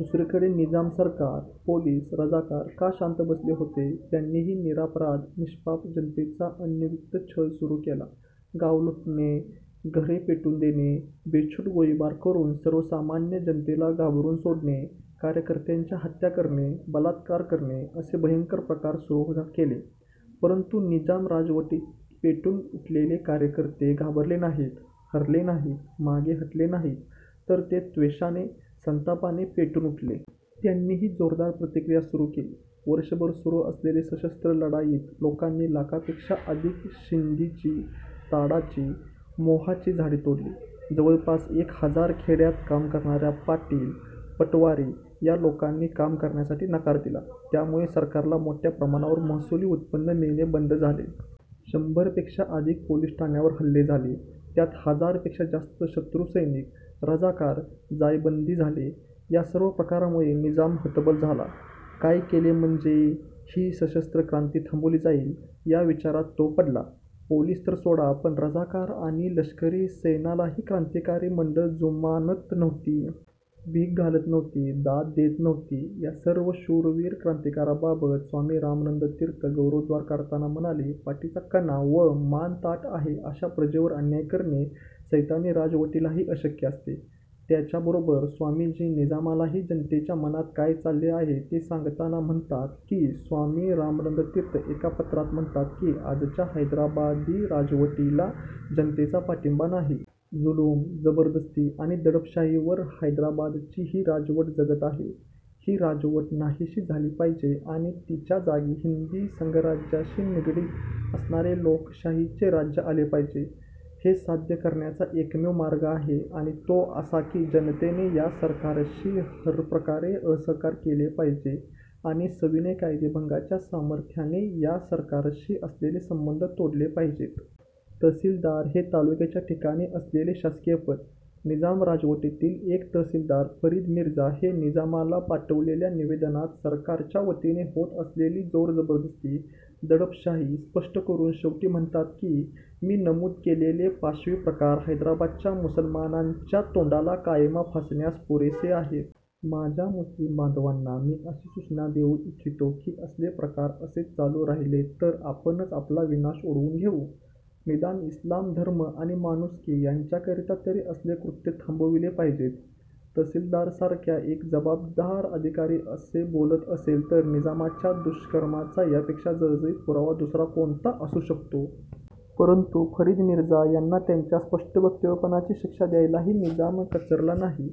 दुसरीकडे निजाम सरकार, पोलीस, रझाकार का शांत बसले होते? त्यांनीही निरपराध, निष्पाप जनतेचा अनन्वित छळ सुरू केला. गाव लुटणे, घरे पेटवून देणे, बेछूट गोळीबार करून सर्वसामान्य जनतेला घाबरून सोडणे, कार्यकर्त्यांच्या हत्या करणे, बलात्कार करणे असे भयंकर प्रकार सुरू केले, परंतु निजामी राजवटीविरोधात पेटून उठलेले कार्यकर्ते घाबरले नाहीत, हरले नाहीत, मागे हटले नाहीत, तर ते त्वेषाने, संतापाने पेटून उठले. त्यांनीही जोरदार प्रतिकार सुरू केला. वर्षभर सुरू असलेल्या सशस्त्र लढाईत लोकांनी लाखापेक्षा अधिक शिंदीची, ताडाची, मोहाची झाडे तोडली. जवळपास एक हजार खेड्यात काम करणाऱ्या पाटील, पटवारी या लोकांनी काम करण्यासाठी नकार दिला. यामुळे सरकारला मोठ्या प्रमाणावर महसुली उत्पन्न मिळणे बंद झाले. शंभरपेक्षा अधिक पोलीस ठाण्यांवर हल्ले झाले. त्यात हजारपेक्षा जास्त शत्रू सैनिक, रझाकार जायबंदी झाले. या सर्व प्रकारामुळे निजाम हतबल झाला. काय केले म्हणजे ही सशस्त्र क्रांती थांबवली जाईल, या विचारात तो पडला. पोलीस तर सोडा, पण रझाकार आणि लष्करी सैन्यालाही क्रांतिकारी मंडळी जुमानत नव्हती. भीक घालत नव्हती. दाद देत नव्हती. या सर्व शूरवीर क्रांतिकारकांबाबत स्वामी रामानंद तीर्थ गौरवोद्गार काढताना म्हणाले, पाठीचा कणा व मान ताठ आहे अशा प्रजेवर अन्याय करणे सैतानी राजवटीलाही अशक्य असते. त्याचबरोबर स्वामीजी निजामालाही जनतेच्या मनात काय चालले आहे ते सांगताना म्हणतात की, स्वामी रामानंद तीर्थ एका पत्रकात म्हणतात की, आजच्या हैदराबादी राजवटीला जनतेचा पाठिंबा नाही. जुलूम, जबरदस्ती आणि दडपशाहीवर हैदराबादची ही राजवट जगते आहे. ही राजवट नाहीशी झाली पाहिजे आणि तिच्या जागी हिंदी संघराज्याशी निगडित असणारे लोकशाहीचे राज्य आले पाहिजे. हे साध्य करण्याचा एकमेव मार्ग आहे आणि तो असा की जनतेने या सरकारशी हरप्रकारे असहकार केला पाहिजे आणि सविनय कायदेभंगाच्या सामर्थ्याने या सरकारशी असलेले संबंध तोडले पाहिजेत. तहसीलदार हे तालुक्याच्या ठिकाणी असलेले शासकीय पद! निजाम राजवटीतील एक तहसीलदार फरीद मिर्झा हे निजामाला पाठवलेल्या निवेदनात सरकारच्यावतीने होत असलेली जोरजबरदस्ती, दडपशाही स्पष्ट करून शेवटी म्हणतात की, मी नमूद केलेले पाशवी प्रकार हैदराबादच्या मुसलमानांच्या तोंडाला काळिमा फासण्यास पुरेसे आहेत. माझ्या मुस्लीम बांधवांना मी अशी सूचना देऊ इच्छितो की हे असले प्रकार असेच चालू राहिले तर आपणच आपला विनाश ओढवून घेऊ. निदान इस्लाम धर्म आणि माणुसकी यांच्याकरिता तरी असली कृत्ये थांबविली पाहिजेत. तहसीलदारसारखा एक जबाबदार अधिकारी असे बोलत असेल तर निजामाच्या दुष्कर्माचा यापेक्षा जळजळीत पुरावा दुसरा कोणता असू शकतो? परंतु फरीद मिर्झा यांना त्यांच्या स्पष्टवक्तेपणाची शिक्षा द्यायलाही निजाम कचरला नाही.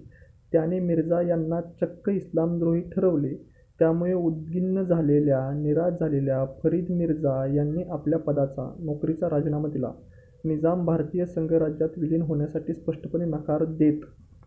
त्याने मिर्झा यांना चक्क इस्लामद्रोही ठरवले. त्यामुळे उद्विग्न झालेल्या, निराश झालेल्या फरीद मिर्झा यांनी आपल्या पदाचा, नोकरीचा राजीनामा दिला. निजाम भारतीय संघराज्यात विलीन होण्यासाठी स्पष्टपणे नकार देत.